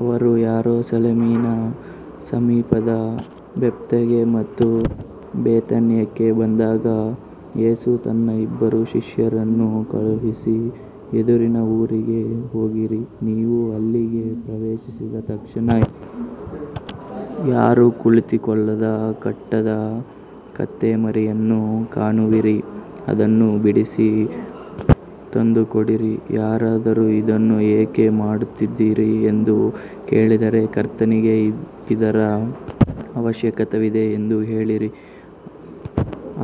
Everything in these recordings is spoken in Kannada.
ಅವರು ಯೆರೂಸಲೇಮಿನ ಸಮೀಪದ ಬೆತ್ಫಗೆ ಮತ್ತು ಬೆಥಾನ್ಯಕ್ಕೆ ಬಂದಾಗ, ಯೇಸು ತನ್ನ ಇಬ್ಬರು ಶಿಷ್ಯರನ್ನು ಕಳುಹಿಸಿ, ಎದುರಿನ ಊರಿಗೆ ಹೋಗಿರಿ. ನೀವು ಅಲ್ಲಿಗೆ ಪ್ರವೇಶಿಸಿದ ತಕ್ಷಣ ಯಾರೂ ಕುಳಿತುಕೊಳ್ಳದ ಕಟ್ಟಿದ ಕತ್ತೆಮರಿಯನ್ನು ಕಾಣುವಿರಿ. ಅದನ್ನು ಬಿಡಿಸಿ ತಂದುಕೊಡಿರಿ. ಯಾರಾದರೂ, ಇದನ್ನು ಏಕೆ ಮಾಡುತ್ತಿದ್ದೀರಿ ಎಂದು ಕೇಳಿದರೆ, ಕರ್ತನಿಗೆ ಇದರ ಅವಶ್ಯಕತೆಯಿದೆ ಎಂದು ಹೇಳಿರಿ,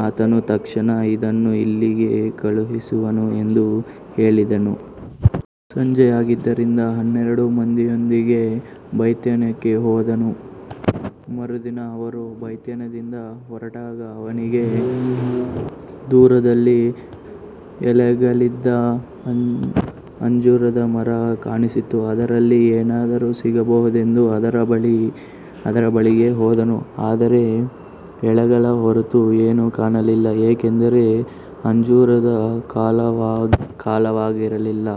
ಆತನು ತಕ್ಷಣ ಇದನ್ನು ಇಲ್ಲಿಗೆ ಕಳುಹಿಸುವನು ಎಂದು ಹೇಳಿದನು. ಸಂಜೆಯಾಗಿದ್ದರಿಂದ ಹನ್ನೆರಡು ಮಂದಿಯೊಂದಿಗೆ ಬೆಥಾನ್ಯಕ್ಕೆ ಹೋದನು. ಮರುದಿನ ಅವರು ಬೆಥಾನ್ಯದಿಂದ ಹೊರಟಾಗ ಅವನಿಗೆ ದೂರದಲ್ಲಿ ಎಲೆಗಳಿದ್ದ ಅಂಜೂರದ ಮರ ಕಾಣಿಸಿತು. ಅದರಲ್ಲಿ ಏನಾದರೂ ಸಿಗಬಹುದೆಂದು ಅದರ ಬಳಿಗೆ ಹೋದನು. ಆದರೆ ಎಲೆಗಳ ಹೊರತು ಏನೂ ಕಾಣಲಿಲ್ಲ, ಏಕೆಂದರೆ ಅಂಜೂರದ ಕಾಲವಾಗಿರಲಿಲ್ಲ.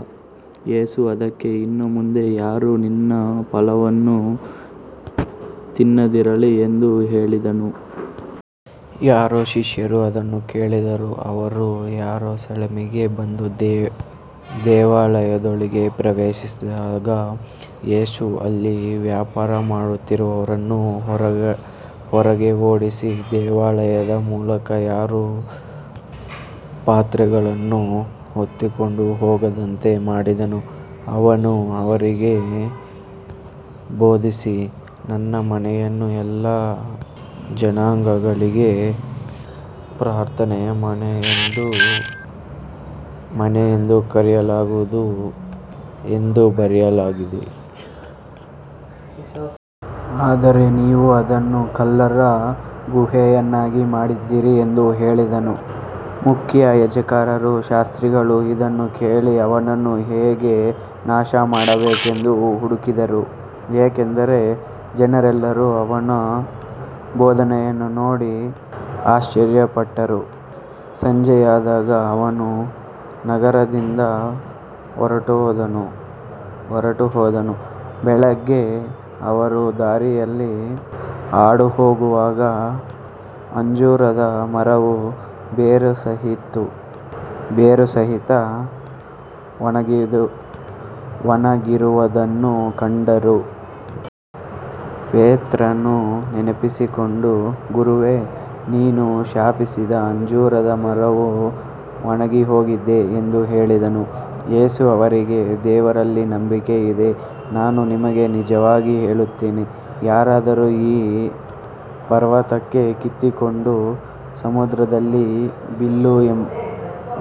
ಯೇಸು ಅದಕ್ಕೆ, ಇನ್ನು ಮುಂದೆ ಯಾರೂ ನಿನ್ನ ಫಲವನ್ನು ತಿನ್ನದಿರಲಿ ಎಂದು ಹೇಳಿದನು. ಅವನ ಶಿಷ್ಯರು ಅದನ್ನು ಕೇಳಿದರು. ಅವರು ಯೆರೂಸಲೇಮಿಗೆ ಬಂದು ದೇವಾಲಯದೊಳಗೆ ಪ್ರವೇಶಿಸಿದಾಗ, ಯೇಸು ಅಲ್ಲಿ ವ್ಯಾಪಾರ ಮಾಡುತ್ತಿದ್ದವರನ್ನು ಹೊರಗೆ ಓಡಿಸಿ, ದೇವಾಲಯದ ಮೂಲಕ ಯಾರೂ ಪಾತ್ರೆಗಳನ್ನು ಹೊತ್ತುಕೊಂಡು ಹೋಗದಂತೆ ಮಾಡಿದನು. ಅವನು ಅವರಿಗೆ ಬೋಧಿಸಿ, ನನ್ನ ಮನೆಯನ್ನು ಎಲ್ಲಾ ಜನಾಂಗಗಳಿಗೆ ಪ್ರಾರ್ಥನೆಯ ಮನೆ ಎಂದು ಕರೆಯಲಾಗುವುದು ಎಂದು ಬರೆಯಲಾಗಿದೆ. ಆದರೆ ನೀವು ಅದನ್ನು ಕಳ್ಳರ ಗುಹೆಯನ್ನಾಗಿ ಮಾಡಿದ್ದೀರಿ ಎಂದು ಹೇಳಿದನು. ಮುಖ್ಯಯಾಜಕರೂ ಶಾಸ್ತ್ರಿಗಳೂ ಇದನ್ನು ಕೇಳಿ ಅವನನ್ನು ಹೇಗೆ ನಾಶಮಾಡಬೇಕೆಂದು ಹುಡುಕಿದರು, ಏಕೆಂದರೆ ಜನರೆಲ್ಲರೂ ಅವನ ಬೋಧನೆಯನ್ನು ನೋಡಿ ಆಶ್ಚರ್ಯಪಟ್ಟರು. ಸಂಜೆಯಾದಾಗ ಅವನು ನಗರದಿಂದ ಹೊರಟುಹೋದನು. ಬೆಳಿಗ್ಗೆ ಅವರು ದಾರಿಯಲ್ಲಿ ಹಾದುಹೋಗುವಾಗ ಅಂಜೂರದ ಮರವು ಬೇರುಸಹಿತ ಒಣಗಿರುವುದನ್ನು ಕಂಡರು. ಪೇತ್ರನು ನೆನಪಿಸಿಕೊಂಡು, ಗುರುವೇ, ನೀನು ಶಪಿಸಿದ ಅಂಜೂರದ ಮರವು ಒಣಗಿಹೋಗಿದೆ ಎಂದು ಹೇಳಿದನು. ಯೇಸು ಅವರಿಗೆ, ದೇವರಲ್ಲಿ ನಂಬಿಕೆ ಇಡಿ. ನಾನು ನಿಮಗೆ ನಿಜವಾಗಿ ಹೇಳುತ್ತೇನೆ, ಯಾರಾದರೂ ಈ ಪರ್ವತಕ್ಕೆ, ಕಿತ್ತುಕೊಂಡು ಸಮುದ್ರದಲ್ಲಿ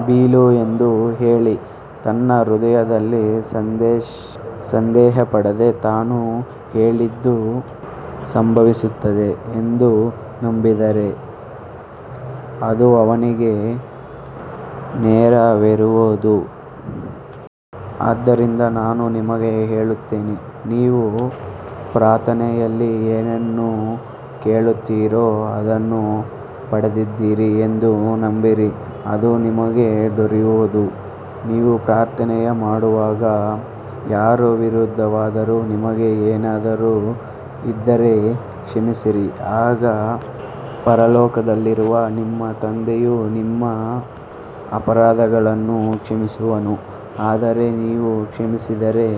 ಬೀಳು ಎಂದು ಹೇಳಿ, ತನ್ನ ಹೃದಯದಲ್ಲಿ ಸಂದೇಹಪಡದೆ ತಾನು ಹೇಳಿದ್ದು ಸಂಭವಿಸುತ್ತದೆ ಎಂದು ನಂಬಿದರೆ ಅದು ಅವನಿಗೆ ನೆರವೇರುವುದು. ಆದ್ದರಿಂದ ನಾನು ನಿಮಗೆ ಹೇಳುತ್ತೇನೆ, ನೀವು ಪ್ರಾರ್ಥನೆಯಲ್ಲಿ ಏನನ್ನು ಕೇಳುತ್ತೀರೋ ಅದನ್ನು ಪಡೆದಿದ್ದೀರಿ ಎಂದು ನಂಬಿರಿ, ಅದು ನಿಮಗೆ ದೊರೆಯುವುದು. ನೀವು ಪ್ರಾರ್ಥನೆ ಮಾಡುವಾಗ ಯಾರ ವಿರುದ್ಧವಾದರೂ ನಿಮಗೆ ಏನಾದರೂ ಇದ್ದರೆ ಕ್ಷಮಿಸಿರಿ, ಆಗ ಪರಲೋಕದಲ್ಲಿರುವ ನಿಮ್ಮ ತಂದೆಯೂ ನಿಮ್ಮ ಅಪರಾಧಗಳನ್ನು ಕ್ಷಮಿಸುವನು. ಆದರೆ ನೀವು ಕ್ಷಮಿಸದಿದ್ದರೆ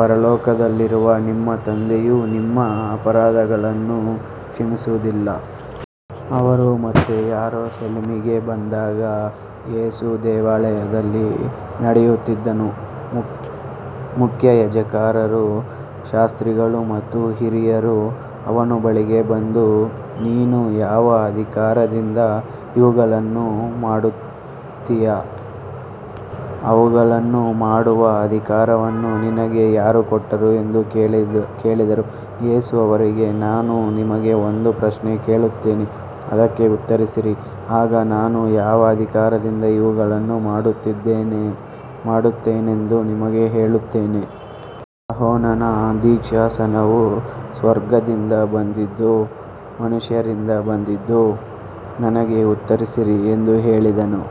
ಪರಲೋಕದಲ್ಲಿರುವ ನಿಮ್ಮ ತಂದೆಯೂ ನಿಮ್ಮ ಅಪರಾಧಗಳನ್ನು ಕ್ಷಮಿಸುವುದಿಲ್ಲ. ಅವರು ಮತ್ತೆ ಯೆರೂಸಲೇಮಿಗೆ ಬಂದಾಗ ಯೇಸು ದೇವಾಲಯದಲ್ಲಿ ನಡೆಯುತ್ತಿದ್ದನು. ಮುಖ್ಯಯಾಜಕರು, ಶಾಸ್ತ್ರಿಗಳು ಮತ್ತು ಹಿರಿಯರು ಅವನ ಬಳಿಗೆ ಬಂದು, ನೀನು ಯಾವ ಅಧಿಕಾರದಿಂದ ಇವುಗಳನ್ನು ಮಾಡುತ್ತೀ, ಇವುಗಳನ್ನು ಮಾಡುವ ಅಧಿಕಾರವನ್ನು ನಿನಗೆ ಯಾರು ಕೊಟ್ಟರು ಎಂದು ಕೇಳಿದರು. ಯೇಸು ಅವರಿಗೆ, ನಾನು ನಿಮಗೆ ಒಂದು ಪ್ರಶ್ನೆ ಕೇಳುತ್ತೇನೆ, ಅದಕ್ಕೆ ಉತ್ತರಿಸಿರಿ, ಆಗ ನಾನು ಯಾವ ಅಧಿಕಾರದಿಂದ ಇವುಗಳನ್ನು ಮಾಡುತ್ತೇನೆಂದು ನಿಮಗೆ ಹೇಳುತ್ತೇನೆ. ಯೋಹಾನನ ದೀಕ್ಷಾಸ್ನಾನವು ಸ್ವರ್ಗದಿಂದ ಬಂದದ್ದೋ ಮನುಷ್ಯರಿಂದ ಬಂದದ್ದೋ. ನನಗೆ ಉತ್ತರಿಸಿರಿ ಎಂದು ಹೇಳಿದನು.